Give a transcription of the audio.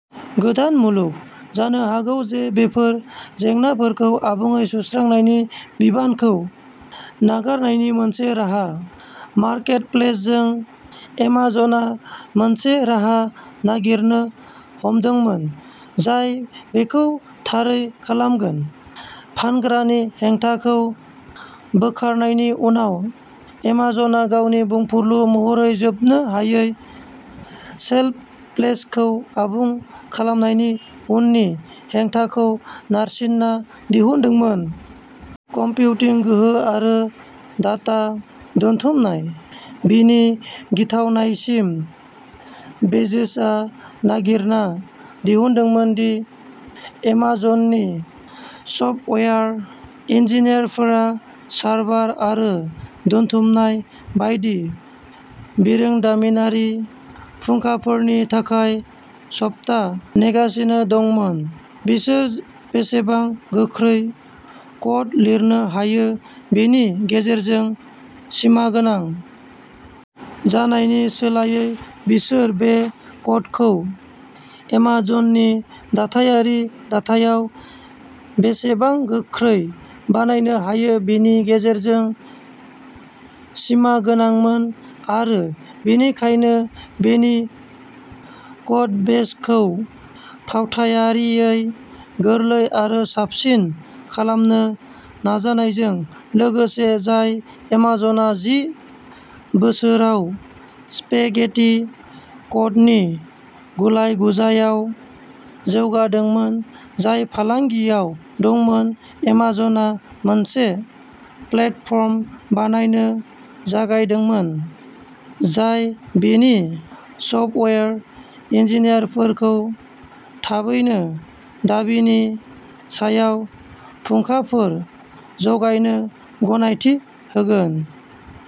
गोदान मुलुग, जानो हागौ जे बेफोर जेंनाफोरखौ आबुङै सुस्रांनायनि बिबानखौ नागारनायनि मोनसे राहा। मार्केटप्लेसजों एमाज'ना मोनसे राहा नागिरनो हमदोंमोन जाय बेखौ थारै खालामगोन। फानग्रानि हेंथाखौ बोखारनायनि उनाव एमाज'ना गावनि बुंफुरलु महरै जोबनो हायै शेल्फ स्पेसखौ आबुं खालामनायनि उननि हेंथाखौ नागिरना दिहुनदोंमोन। कम्पिउटिं गोहो आरो डाटा दोनथुमनाय। बिनि गिथावनायसिम बेजोसआ नागिरना दिहुनदोंमोन दि एमाज'ननि सफ्टवेयार इन्जिनियारफोरा सार्भार आरो दोनथुमनाय बायदि बिरोंदामिनारि फुंखाफोरनि थाखाय सप्ता नेगासिनो दंमोन। बिसोर बेसेबां गोख्रै क'ड लिरनो हायो बेनि गेजेरजों सिमागोनां जानायनि सोलायै बिसोर बे क'डखौ एमाज'ननि दाथायारि दाथायाव बेसेबां गोख्रै बाहायनो हायो बेनि गेजेरजों सिमागोनांमोन आरो बेनिखायनो बेनि क'डबेसखौ फावथायारियै गोरलै आरो साबसिन खालामनो नाजानायजों लोगोसे जाय एमाज'ना जि बोसोराव स्पेगेटी क'डनि गुलाय-गुजायाव जौगादोंमोन जाय फालांगियाव दंमोन एमाज'ना मोनसे प्लेटफर्म बानायनो जागायदोंमोन जाय बिनि सफ्टवेयार इन्जिनियारफोरखौ थाबैनो दाबिनि सायाव फुंखाफोर जगायनो गनायथि होगोन।